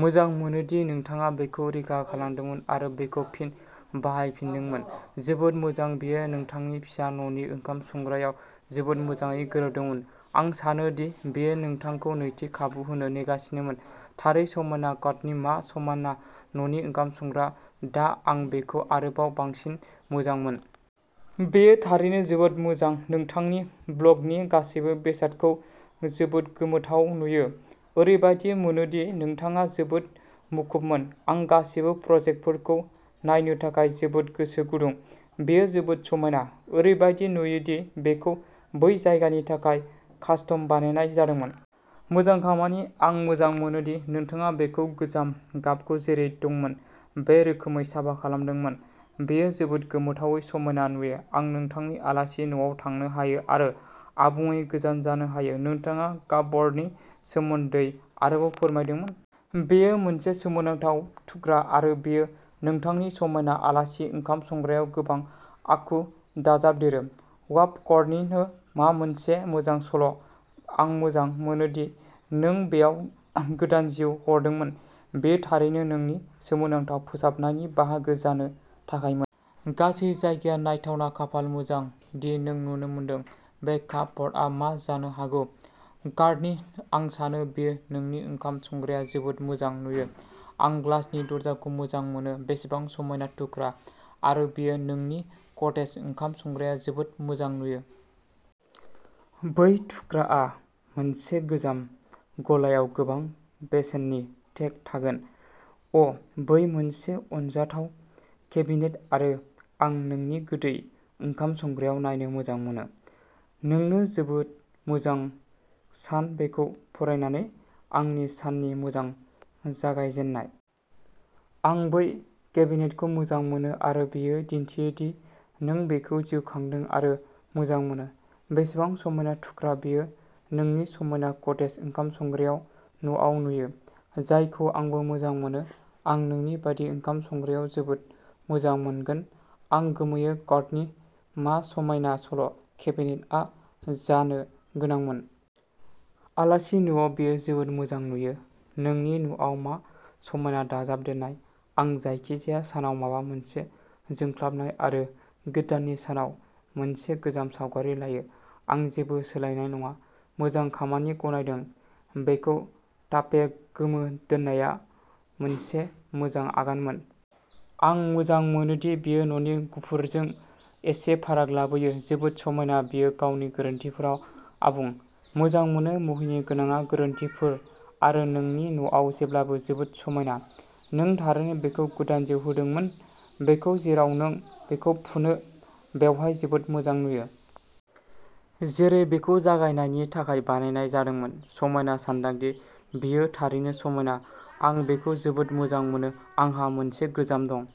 मोजां मोनो दि नोंथाङा बेखौ रैखा खालामदोंमोन आरो बेखौ फिन बाहायफिनदोंमोन। जोबोद मोजां बेयो नोंथांनि फिसा न'नि ओंखाम संग्रायाव जोबोद मोजाङै गोरोबदोंमोन। आं सानो दि बेयो नोंथांखौ नैथि खाबु होनो नेगासिनोमोन! थारैनो समायना कर्टनी मा समायना न'नि ओंखाम संग्रा दा आं बेखौ आरोबाव बांसिन मोजां मोन! बेयो थारैनो जोबोद मोजां नोंथांनि ब्ल'गनि गासैबो बेसादखौ जोबोद गोमोथाव नुयो। ओरैबायदि मोनो दि नोंथाङा जोबोद मुखुबमोन। आं गासिबो प्रजेक्टफोरखौ नायनो थाखाय जोबोद गोसो गुदुं। बेयो जोबोद समायना! ओरैबायदि नुयो दि बेखौ बै जायगानि थाखाय कास्टम बानायनाय जादोंमोन। मोजां खामानि। आं मोजां मोनो दि नोंथाङा बेखौ गोजाम गाबखौ जेरै दंमोन बे रोखोमै साफा खालामदोंमोन। बेयो जोबोद गोमोथावै समायना नुयो। आं नोंथांनि आलासि न'आव थांनो हायो आरो आबुङै गोजोन जानो हायो। नोंथाङा बे कापब'र्डनि सोमोन्दै आरोबाव फोरमायदोंमोन। बेयो मोनसे सोमोनांथाव थुख्रा आरो बेयो नोंथांनि समायना आलासि ओंखाम संग्रायाव गोबां आखु दाजाबदेरो। वाव कर्टनी, मा मोनसे मोजां सल’ आं मोजां मोनो दि नों बेयाव गोदान जिउ हगारदोंमोन। बेयो थारैनो नोंनि सोमोनांथाव फोसाबनायनि बाहागो जानो थाखायमोन। गासै जायगाया नायथावना खाफाल मोजां दि नों नुदोंमोन बे कापबर्डआ मा जानो हागौ। कर्टनी आं सानो बेयो नोंनि ओंखाम संग्रायाव जोबोद मोजां नुयो। आं ग्लासनि दरजाखौ मोजां मोनो। बेसेबां समायना थुख्रा, आरो बेयो नोंनि कटेज ओंखाम संग्रायाव जोबोद मोजां नुयो। बै थुख्राआ मोनसे गोजाम गलायाव गोबां बेसेननि टेग थागोन। अ' बै मोनसे अनजाथाव केबिनेट आरो आं नोंनि गोदै ओंखाम संग्रायाव नायनो मोजां मोनो। नोंनो जोबोद मोजां सान बेखौ फरायनानै आंनि साननि मोजां जागायजेननाय। आं बै केबिनेटखौ मोजां मोनो आरो बेयो दिन्थियो दि नों बेखौ जिउ खांदों आरो मोजां मोनो। बेसेबां समायना थुख्रा बेयो नोंनि समायना कटेज ओंखाम संग्रायाव न'आवनो नुयो। जायखौ आंबो मोजां मोनो आं नोंनि बायदि ओंखाम संग्रायाव जोबोद मोजां मोनगोन आं गोमोयो कर्टनी, मा समायना सल' केबिनेटआ जानो गोनांमोन। आलासि न'आव बेयो जोबोद मोजां नुयो नोंनि न'आव मा समायना दाजाबदेरनाय आं जायखिजाया सानाव माबा मोनसे जोंख्लाबनाय आरो गोदाननि सायाव मोनसे गोजाम सावगारि लायो। आं जेबो सोलायनाय नङा। मोजां खामानि गनायदों बेखौ टापे गोमो दोननाया मोनसे मोजां आगानमोन। आं मोजां मोनोदि बेयो न'नि गुफुरजों एसे फाराग लाबोयो। जोबोद समायना बेयो गावनि गोरोनथिफोराव आबुं! मोजां मोनो मुहिनि गोनांआ गोरोनथिफोर आरो नोंनि न'आव जेब्लाबो जोबोद समायना। नों थारैनो बेखौ गोदान जिउ होदोंमोन बेखौ जेराव नों बेखौ फुनो बेहाय जोबोद मोजां नुयो। जेरै बेखौ जायगानि थाखाय बानायनाय जादोंमोन। समायना सानदांथि। बेयो थारैनो समायना। आं बेखौ जोबोद मोजां मोनो। आंहा मोनसे गोजाम दं।